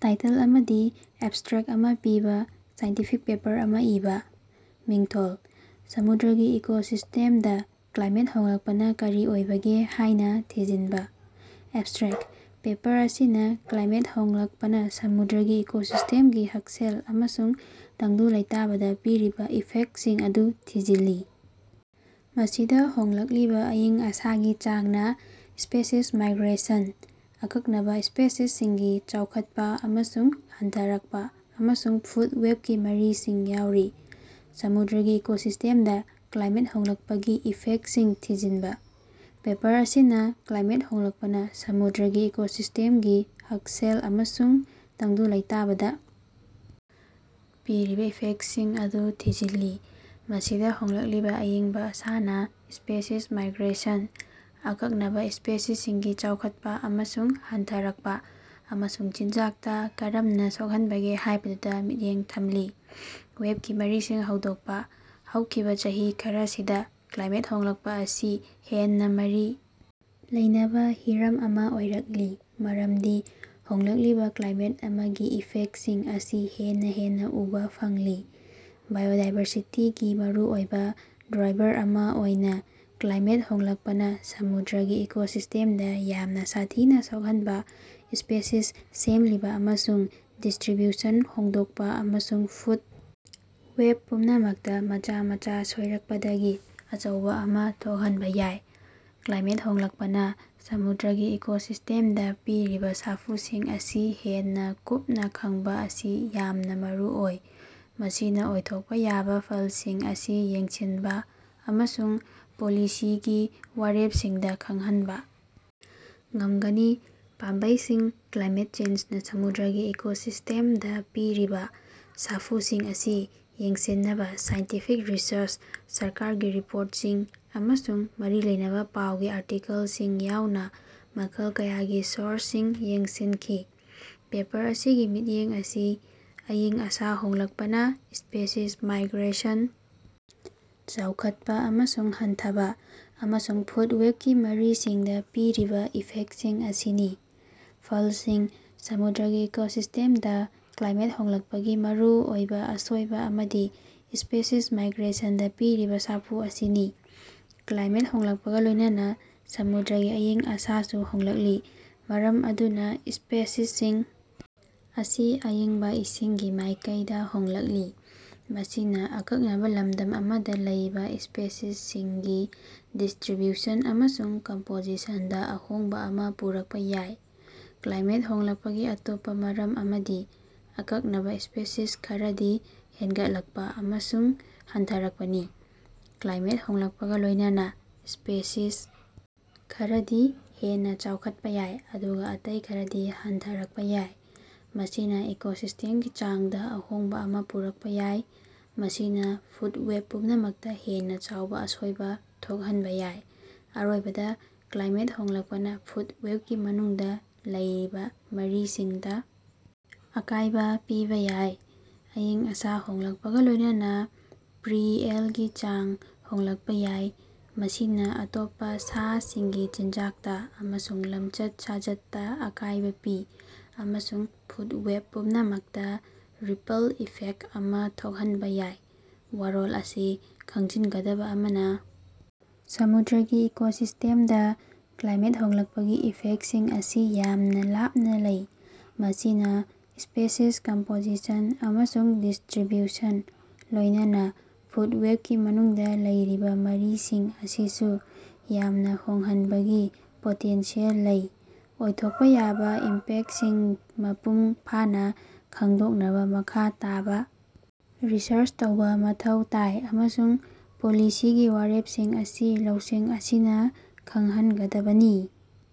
Title ꯑꯃꯗꯤ abstract ꯑꯃ ꯄꯤꯕꯥ ꯁꯥꯏꯟꯇꯤꯐꯤꯛ ꯄꯦꯄꯔ ꯑꯃ ꯏꯕ꯫ ꯃꯤꯡꯊꯣꯜ: ꯁꯃꯨꯗ꯭ꯔꯒꯤ ꯏꯀꯣꯁꯤꯁꯇꯦꯝꯗ ꯀ꯭ꯂꯥꯏꯃꯦꯠ ꯍꯣꯡꯂꯛꯄꯅ ꯀꯔꯤ ꯑꯣꯏꯕꯒꯦ ꯍꯥꯏꯅ ꯊꯤꯖꯤꯟꯕ꯫ ꯑꯦꯕꯁꯇ꯭ꯔꯦꯛ: ꯄꯦꯄꯔ ꯑꯁꯤꯅꯥ ꯀ꯭ꯂꯥꯏꯃꯦꯠ ꯍꯣꯡꯂꯛꯄꯅ ꯁꯃꯨꯗ꯭ꯔꯒꯤ ꯏꯀꯣꯁꯤꯁꯇꯦꯝꯁꯤꯡꯒꯤ ꯍꯛꯁꯦꯜ ꯑꯃꯁꯨꯡ ꯇꯪꯗꯨ ꯂꯩꯇꯥꯕꯗꯥ ꯄꯤꯔꯤꯕꯥ ꯏꯐꯦꯛꯇꯁꯤꯡ ꯑꯗꯨ ꯊꯤꯖꯤꯜꯂꯤ ꯃꯁꯤꯗꯥ ꯍꯣꯡꯂꯛꯂꯤꯕ ꯑꯏꯪ ꯑꯁꯥꯒꯤ ꯆꯥꯡꯅ ꯁꯄꯦꯁꯤꯁ ꯃꯥꯏꯒ꯭ꯔꯦꯁꯟ, ꯑꯀꯛꯅꯕꯥ ꯁꯄꯦꯁꯤꯁꯁꯤꯡꯒꯤ ꯆꯥꯎꯈꯠꯄ ꯑꯃꯁꯨꯡ ꯍꯟꯊꯔꯛꯄ ꯑꯃꯁꯨꯡ ꯐꯨꯗ ꯋꯦꯕꯀꯤ ꯃꯔꯤꯁꯤꯡ ꯌꯥꯎꯔꯤ꯫ ꯁꯃꯨꯗ꯭ꯔꯒꯤ ꯏꯀꯣꯁꯤꯁꯇꯦꯝꯗ ꯀ꯭ꯂꯥꯏꯃꯦꯠ ꯍꯣꯡꯂꯛꯄꯒꯤ ꯏꯐꯦꯛꯇꯁꯤꯡ ꯊꯤꯖꯤꯟꯕ: ꯄꯦꯄꯔ ꯑꯁꯤꯅ ꯀ꯭ꯂꯥꯏꯃꯦꯠ ꯍꯣꯡꯂꯛꯄꯅ ꯁꯃꯨꯗ꯭ꯔꯒꯤ ꯏꯀꯣꯁꯤꯁꯇꯦꯝꯁꯤꯡꯒꯤ ꯍꯛꯁꯦꯜ ꯑꯃꯁꯨꯡ ꯇꯪꯗꯨ ꯂꯩꯇꯥꯕꯗ ꯄꯤꯔꯤꯕꯥ ꯏꯐꯦꯛꯇꯁꯤꯡ ꯑꯗꯨ ꯊꯤꯖꯤꯜꯂꯤ ꯃꯁꯤꯗ ꯍꯣꯡꯂꯛꯂꯤꯕ ꯑꯢꯪꯕ ꯑꯁꯥꯅ ꯁ꯭ꯄꯦꯁꯤꯁ ꯃꯥꯏꯒ꯭ꯔꯦꯁꯟ, ꯑꯀꯛꯅꯕꯥ ꯁ꯭ꯄꯦꯁꯤꯁꯁꯤꯡꯒꯤ ꯆꯥꯎꯈꯠꯄꯥ ꯑꯃꯁꯨꯡ ꯍꯟꯊꯔꯛꯄ ꯑꯃꯁꯨꯡ ꯆꯤꯟꯖꯥꯛꯇ ꯀꯔꯝꯅ ꯁꯣꯛꯍꯟꯕꯒꯦ ꯍꯥꯢꯕꯗꯨꯗ ꯃꯤꯠꯌꯦꯡ ꯊꯝꯂꯤ꯫ ꯋꯦꯕꯀꯤ ꯃꯔꯤꯁꯤꯡ ꯍꯧꯗꯣꯛꯄ ꯍꯧꯈꯤꯕꯥ ꯆꯍꯤ ꯈꯔꯁꯤꯗ ꯀ꯭ꯂꯥꯏꯃꯦꯠ ꯍꯣꯡꯂꯛꯄ ꯑꯁꯤ ꯍꯦꯟꯅ ꯃꯔꯤ ꯂꯩꯅꯕ ꯍꯤꯔꯝ ꯑꯃ ꯑꯣꯏꯔꯛꯂꯤ ꯃꯔꯝꯗꯤ ꯍꯣꯡꯂꯛꯂꯤꯕ ꯀ꯭ꯂꯥꯏꯃꯦꯠ ꯑꯃꯒꯤ ꯏꯐꯦꯛꯇꯁꯤꯡ ꯑꯁꯤ ꯍꯦꯟꯅ ꯍꯦꯟꯅ ꯎꯕ ꯐꯪꯂꯤ꯫ ꯕꯥꯏꯑꯣꯗꯥꯏꯕꯔꯁꯤꯇꯤꯒꯤ ꯃꯔꯨꯑꯣꯏꯕ ꯗ꯭ꯔꯥꯏꯚꯔ ꯑꯃ ꯑꯣꯏꯅ ꯀ꯭ꯂꯥꯏꯃꯦꯠ ꯍꯣꯡꯂꯛꯄꯅ ꯁꯃꯨꯗ꯭ꯔꯒꯤ ꯏꯀꯣꯁꯤꯁꯇꯦꯝꯗ ꯌꯥꯝꯅ ꯁꯥꯊꯤꯅ ꯁꯣꯛꯍꯟꯕ ꯁꯄꯦꯁꯤꯁ ꯁꯦꯝꯂꯤꯕ ꯑꯃꯁꯨꯡ ꯗꯤꯁꯇ꯭ꯔꯤꯕ꯭ꯌꯨꯁꯟ ꯍꯣꯡꯗꯣꯛꯄ ꯑꯃꯁꯨꯡ ꯐꯨꯗ ꯋꯦꯕ ꯄꯨꯝꯅꯃꯛꯇ ꯃꯆꯥ ꯃꯆꯥ ꯁꯣꯏꯔꯛꯄꯗꯒꯤ ꯑꯆꯧꯕ ꯑꯃ ꯊꯣꯛꯍꯟꯕ ꯌꯥꯏ꯫ ꯀ꯭ꯂꯥꯏꯃꯦꯠ ꯍꯣꯡꯂꯛꯄꯅ ꯁꯃꯨꯗ꯭ꯔꯒꯤ ꯏꯀꯣꯁꯤꯁꯇꯦꯝꯗ ꯄꯤꯔꯤꯕꯥ ꯁꯥꯐꯨꯁꯤꯡ ꯑꯁꯤ ꯍꯦꯟꯅ ꯀꯨꯞꯅ ꯈꯪꯕꯥ ꯑꯁꯤ ꯌꯥꯝꯅ ꯃꯔꯨ ꯑꯣꯏ ꯃꯁꯤꯅꯥ ꯑꯣꯏꯊꯣꯛꯄ ꯌꯥꯕ ꯐꯜꯁꯤꯡ ꯑꯁꯤ ꯌꯦꯡꯁꯤꯟꯕ ꯑꯃꯁꯨꯡ ꯄꯣꯂꯤꯁꯤꯒꯤ ꯋꯥꯔꯦꯞꯁꯤꯡꯗ ꯈꯪꯍꯟꯕ ꯉꯝꯒꯅꯤ꯫ ꯄꯥꯝꯕꯩꯁꯤꯡ ꯀ꯭ꯂꯥꯏꯃꯦꯠ ꯆꯦꯟꯖꯅ ꯁꯃꯨꯗ꯭ꯔꯒꯤ ꯏꯀꯣꯁꯤꯁꯇꯦꯞꯗ ꯄꯤꯔꯤꯕ ꯁꯥꯐꯨꯁꯤꯡ ꯑꯁꯤ ꯌꯦꯡꯁꯤꯟꯅꯕ ꯁꯥꯏꯟꯇꯤꯐꯤꯛ ꯔꯤꯁꯔꯆ ꯁꯔꯀꯥꯔꯒꯤ ꯔꯤꯄꯣꯔꯇꯁꯤꯡ ꯑꯃꯁꯨꯡ ꯃꯔꯤ ꯂꯩꯅꯕ ꯄꯥꯎꯒꯤ ꯑꯥꯔꯇꯤꯀꯜꯁꯤꯡ ꯌꯥꯎꯅ ꯃꯈꯜ ꯀꯌꯥꯒꯤ ꯁꯣꯔꯁꯁꯤꯡ ꯌꯦꯡꯁꯤꯟꯈꯤ꯫ ꯄꯦꯄꯔ ꯑꯁꯤꯒꯤ ꯃꯤꯠꯌꯦꯡ ꯑꯁꯤ ꯑꯏꯪ ꯑꯁꯥ ꯍꯣꯡꯂꯛꯄꯅ ꯁꯄꯦꯁꯤꯁ ꯃꯥꯏꯒ꯭ꯔꯦꯁꯟ, ꯆꯥꯎꯈꯠꯄ ꯑꯃꯁꯨꯡ ꯍꯟꯊꯕ ꯑꯃꯁꯨꯡ ꯐꯨꯗ ꯋꯦꯕꯀꯤ ꯃꯔꯤꯁꯤꯡꯗ ꯄꯤꯔꯤꯕꯥ ꯏꯐꯦꯛꯇꯁꯤꯡ ꯑꯁꯤꯅꯤ꯫ ꯐꯜꯁꯤꯡ ꯁꯃꯨꯗ꯭ꯔꯒꯤ ꯏꯀꯣꯁꯤꯁꯇꯦꯝꯗ ꯀ꯭ꯂꯥꯏꯃꯦꯠ ꯍꯣꯡꯂꯛꯄꯒꯤ ꯃꯔꯨꯑꯣꯏꯕ ꯑꯁꯣꯏꯕ ꯑꯃꯗꯤ ꯁꯄꯦꯁꯤꯁ ꯃꯥꯏꯒ꯭ꯔꯦꯁꯟꯗ ꯄꯤꯔꯤꯕꯥ ꯁꯥꯐꯨ ꯑꯁꯤꯅꯤ꯫ ꯀ꯭ꯂꯥꯏꯃꯦꯠ ꯍꯣꯡꯂꯛꯄꯒ ꯂꯣꯢꯅꯅꯥ ꯁꯃꯨꯗ꯭ꯔꯒꯤ ꯑꯏꯪ ꯑꯁꯥꯁꯨ ꯍꯣꯡꯂꯛꯂꯤ ꯃꯔꯝ ꯑꯗꯨꯅ ꯁꯄꯦꯁꯤꯁꯁꯤꯡ ꯑꯁꯤ ꯑꯏꯪꯕ ꯏꯁꯤꯡꯒꯤ ꯃꯥꯢꯀꯩꯗꯥ ꯍꯣꯡꯂꯛꯂꯤ꯫ ꯃꯁꯤꯅꯥ ꯑꯀꯛꯅꯕꯥ ꯂꯝꯗꯝ ꯑꯃꯗ ꯂꯩꯕ ꯁꯄꯦꯁꯤꯁꯁꯤꯡꯒꯤ ꯗꯤꯁꯇ꯭ꯔꯤꯕ꯭ꯌꯨꯁꯟ ꯑꯃꯁꯨꯡ ꯀꯝꯄꯣꯖꯤꯁꯟꯗ ꯑꯍꯣꯡꯕ ꯑꯃ ꯄꯨꯔꯛꯄ ꯌꯥꯏ꯫ ꯀ꯭ꯂꯥꯏꯃꯦꯠ ꯍꯣꯡꯂꯛꯄꯒꯤ ꯑꯇꯣꯞꯄ ꯃꯔꯝ ꯑꯃꯗꯤ ꯑꯀꯛꯅꯕ ꯁꯄꯦꯁꯤꯁ ꯈꯔꯗꯤ ꯍꯦꯟꯒꯠꯂꯛꯄꯥ ꯑꯃꯁꯨꯡ ꯍꯟꯊꯔꯛꯄꯅꯤ꯫ ꯀ꯭ꯂꯥꯏꯃꯦꯠ ꯍꯣꯡꯂꯛꯄꯒ ꯂꯣꯢꯅꯅꯥ ꯁꯄꯦꯁꯤꯁ ꯈꯔꯗꯤ ꯍꯦꯟꯅ ꯆꯥꯎꯈꯠꯄ ꯌꯥꯏ ꯑꯗꯨꯒ ꯑꯇꯩ ꯈꯔꯗꯤ ꯍꯟꯊꯔꯛꯄ ꯌꯥꯏ꯫ ꯃꯁꯤꯅꯥ ꯏꯀꯣꯁꯤꯁꯇꯦꯝꯒꯤ ꯆꯥꯡꯗ ꯑꯍꯣꯡꯕ ꯑꯃ ꯄꯨꯔꯛꯄ ꯌꯥꯏ ꯃꯁꯤꯅ ꯐꯨꯗ ꯋꯦꯕ ꯄꯨꯝꯅꯃꯛꯇ ꯍꯦꯟꯅ ꯆꯥꯎꯕ ꯑꯁꯣꯏꯕ ꯊꯣꯛꯍꯟꯕ ꯌꯥꯏ꯫ ꯑꯔꯣꯏꯕꯗ ꯀ꯭ꯂꯥꯏꯃꯦꯠ ꯍꯣꯡꯂꯛꯄꯅ ꯐꯨꯗ ꯋꯦꯕꯀꯤ ꯃꯅꯨꯡꯗ ꯂꯩꯔꯤꯕ ꯃꯔꯤꯁꯤꯡꯗ ꯑꯀꯥꯢꯕ ꯄꯤꯕꯥ ꯌꯥꯏ꯫ ꯑꯏꯪ ꯑꯁꯥ ꯍꯣꯡꯂꯛꯄꯒ ꯂꯣꯢꯅꯅ ꯄ꯭ꯔꯤ-ꯑꯦꯜꯒꯤ ꯆꯥꯡ ꯍꯣꯡꯂꯛꯄ ꯌꯥꯏ ꯃꯁꯤꯅꯥ ꯑꯇꯣꯞꯄ ꯁꯥꯁꯤꯡꯒꯤ ꯃꯆꯤꯟꯖꯥꯛꯇ ꯑꯃꯁꯨꯡ ꯂꯃꯆꯠ-ꯁꯥꯖꯠꯇ ꯑꯀꯥꯢꯕꯥ ꯄꯤ ꯑꯃꯁꯨꯡ ꯐꯨꯗ ꯋꯦꯕ ꯄꯨꯝꯅꯃꯛꯇ ꯔꯤꯄꯜ ꯏꯐꯦꯛꯇ ꯑꯃ ꯊꯣꯛꯍꯟꯕ ꯌꯥꯏ꯫ ꯋꯥꯔꯣꯜ ꯑꯁꯤ ꯈꯪꯖꯤꯟꯒꯗꯕ ꯑꯃꯅ ꯁꯃꯨꯗ꯭ꯔꯒꯤ ꯏꯀꯣꯁꯤꯁ꯭ꯇꯦꯝꯗ ꯀ꯭ꯂꯥꯏꯃꯦꯠ ꯍꯣꯡꯂꯛꯄꯒꯤ ꯏꯐꯦꯛꯇꯁꯤꯡ ꯑꯁꯤ ꯌꯥꯝꯅ ꯂꯥꯞꯅ ꯂꯩ ꯃꯁꯤꯅꯥ ꯁꯄꯦꯁꯤꯁ ꯀꯝꯄꯣꯖꯤꯁꯟ ꯑꯃꯁꯨꯡ ꯗꯤꯁꯇ꯭ꯔꯤꯕ꯭ꯌꯨꯁꯟ ꯂꯣꯢꯅꯅꯥ ꯐꯨꯗ ꯋꯦꯕꯀꯤ ꯃꯅꯨꯡꯗꯥ ꯂꯩꯔꯤꯕꯥ ꯃꯔꯤꯁꯤꯡ ꯑꯁꯤꯁꯨ ꯌꯥꯝꯅ ꯍꯣꯡꯍꯟꯕꯒꯤ ꯄꯣꯇꯦꯟꯁꯤꯑꯦꯜ ꯂꯩ꯫ ꯑꯣꯏꯊꯣꯛꯄ ꯌꯥꯕ ꯏꯝꯄꯦꯛꯇꯁꯤꯡ ꯃꯄꯨꯡ ꯐꯥꯅ ꯈꯡꯗꯣꯛꯅꯕ ꯃꯈꯥ ꯇꯥꯕꯥ ꯔꯤꯁꯔꯆ ꯇꯧꯕꯥ ꯃꯊꯧ ꯇꯥꯏ ꯑꯃꯁꯨꯡ ꯄꯣꯂꯤꯁꯤꯒꯤ ꯋꯥꯔꯦꯞꯁꯤꯡ ꯑꯁꯤ ꯂꯧꯁꯤꯡ ꯑꯁꯤꯅ ꯈꯡꯍꯟꯒꯗꯕꯅꯤ꯫